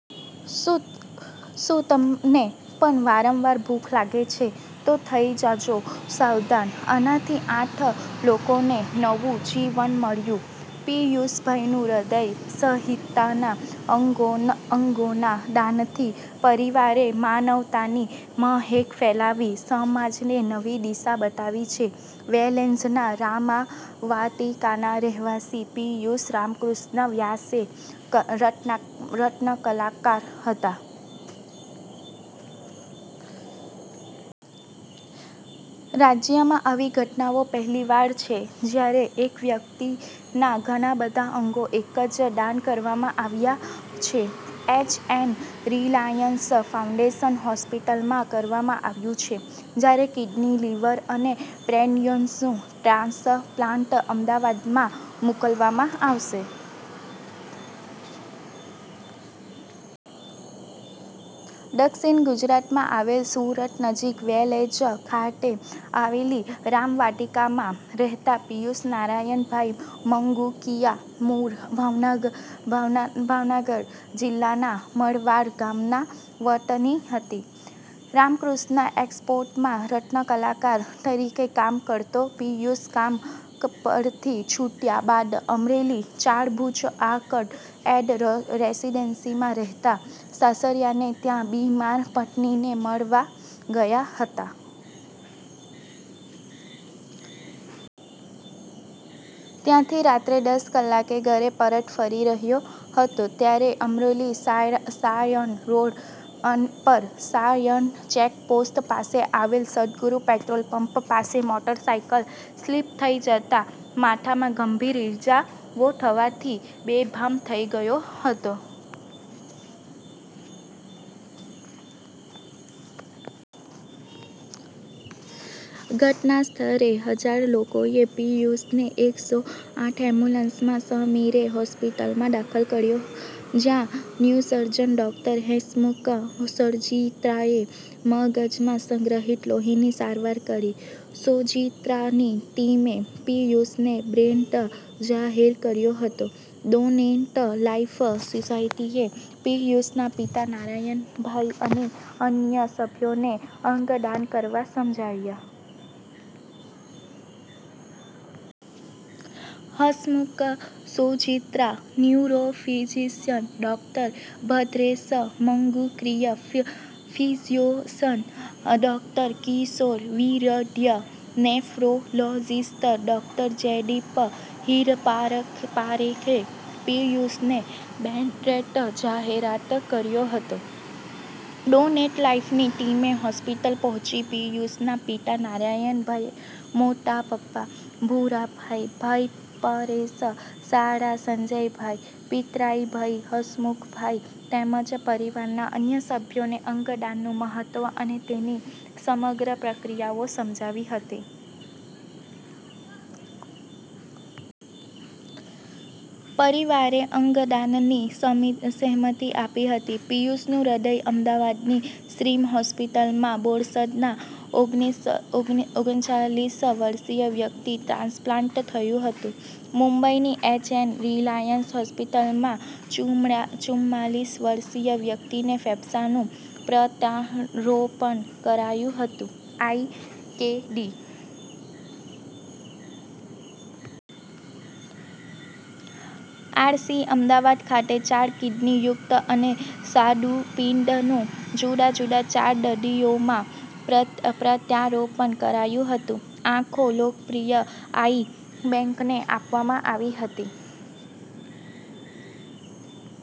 શું શું તમને પણ વારંવાર ભૂખ લાગે છે તો થઈ જજો સાવધાન! આનાથી આઠ લોકોને નવું જીવન મળ્યું. પીયુષભાઈનું હ્રદય સહિતાના અંગો અંગોના દાનથી પરિવારે માનવતાની મહેક ફેલાવી સમાજને નવી દિશા બતાવી છે. વેલંજાના રામાવટિકાના રહેવાસી પીયૂષ રામકૃષ્ણ વ્યાસે રત્નકલાકાર હતા. રાજ્યમાં આવી ઘટના પહેલીવાર છે જ્યારે એક જ વ્યક્તિના ઘણા બધા અંગો એક સાથે દાન કરવામાં આવ્યા છે. એચ. એન. રિલાયન્સ ફાઉન્ડેશન હોસ્પીટલમાં કરવામાં આવ્યું છે. જ્યારે કિડની, લિવર અને પેન્ક્રીયાસનું ટ્રાન્સપ્લાન્ટ અમદાવાદની માં મોકલવામાં આવશે. દક્ષીણ ગુજરાતમાં આવેલ સુરત નજીક વેલંજા ખાતે આવેલી રામવાટીકામાં રહેતા પીયુષ નારાયણભાઈ માંગુકીયા મૂળ ભાવનગર જિલ્લાના માળવાય ગામના વતની હતી. રામકૃષ્ણ એક્ષ્પોર્ટમાં રત્નકલાકાર તરીકે કામ કરતો પીયુષ કામ પરથી છુટ્યા બાદ અમરોલી ચારભુજા આર્કેડ એન્ડ રેસીડેન્સીમાં રહેતા સસરાને ત્યાં બીમાર પત્નીને મળવા ગયો હતો. ત્યાંથી રાત્રે દસ કલાકે ઘરે પરત ફરી રહ્યો હતો ત્યારે અમરોલી સાયણ સાયણ રોડ પર સાયણ ચેકપોસ્ટ પાસે આવેલ સદગુરુ પેટ્રોલપંપ પાસે મોટરસાયકલ સ્લીપ થઇ જતા માથામાં ગંભીર ઈજાઓ થવાથી બેભાન થઇ ગયો હતો. ઘટના સ્થળે હજાર લોકોએ પિયુષને એકસો આઠ એમ્બ્યુલન્સમાં સ્મીમેર હોસ્પિટલમાં દાખલ કર્યો. જ્યાં ન્યુસર્જન ડૉક્ટર હેસમુખ સોજીત્રાએ મગજમાં સંગ્રહિત લોહીની સારવાર કરી. સોજીત્રાની ટીમે પિયુષને બ્રેનટ જાહેર કર્યો હતો. ડોનેટ લાઇફ સોસાયટીએ પિયુષના પિતા નારાયણભાઇ અને અન્ય સભ્યોને અંગદાન કરવા સમજાવ્યા. Hasmukh Sojitra, neurophysician doctor Bhadresh Mangukiya, physician doctor Kishor Viradiya, nephrologist doctor Jaydeep હીરપારે હીરપરાએ પીયુષને બ્રેનડેડ જાહેર કર્યા હતા. ડોનેટ લાઈફની ટીમે હોસ્પિટલ પહોંચી પીયુષના પિતા નારણભાઈ, મોટા પપ્પા ભુરાભાઈ, ભાઈ પરેશ, સાળા સંજયભાઈ, પિતરાઈ ભાઈ હસમુખભાઈ તેમજ પરિવારના અન્ય સભ્યોને અંગદાનનું મહત્વ અને તેની સમગ્ર પ્રક્રિયા સમજાવી હતી. પરિવારે અંગદાનની સેમ સંમતિ આપી હતી. પીયુષનું હૃદય અમદાવાદની સિમ્સ હોસ્પિટલમાં બોરસદ ના ઓગણીસ ઓગણચાલીસ વર્ષીય વ્યક્તિમાં ટ્રાન્સપ્લાન્ટ થયું હતું. મુંબઇની એચ. એન. રિલાયન્સ હોસ્પિટલમાં ચૂમાળીસ વર્ષીય વ્યક્તિને ફેફસાંનું પ્રત્યારોપણ કરાયું હતું. I. K. D. R. C., Ahmedabad ખાતે ચાર કિડની, યકૃત અને સ્વાદુપિંડનું જુદા જુદા ચાર દર્દીઓમાં પ્રત્યારોપણ કરાયું હતું. આંખો લોકપ્રિય આઇ બેંકને આપવામાં આવી હતી.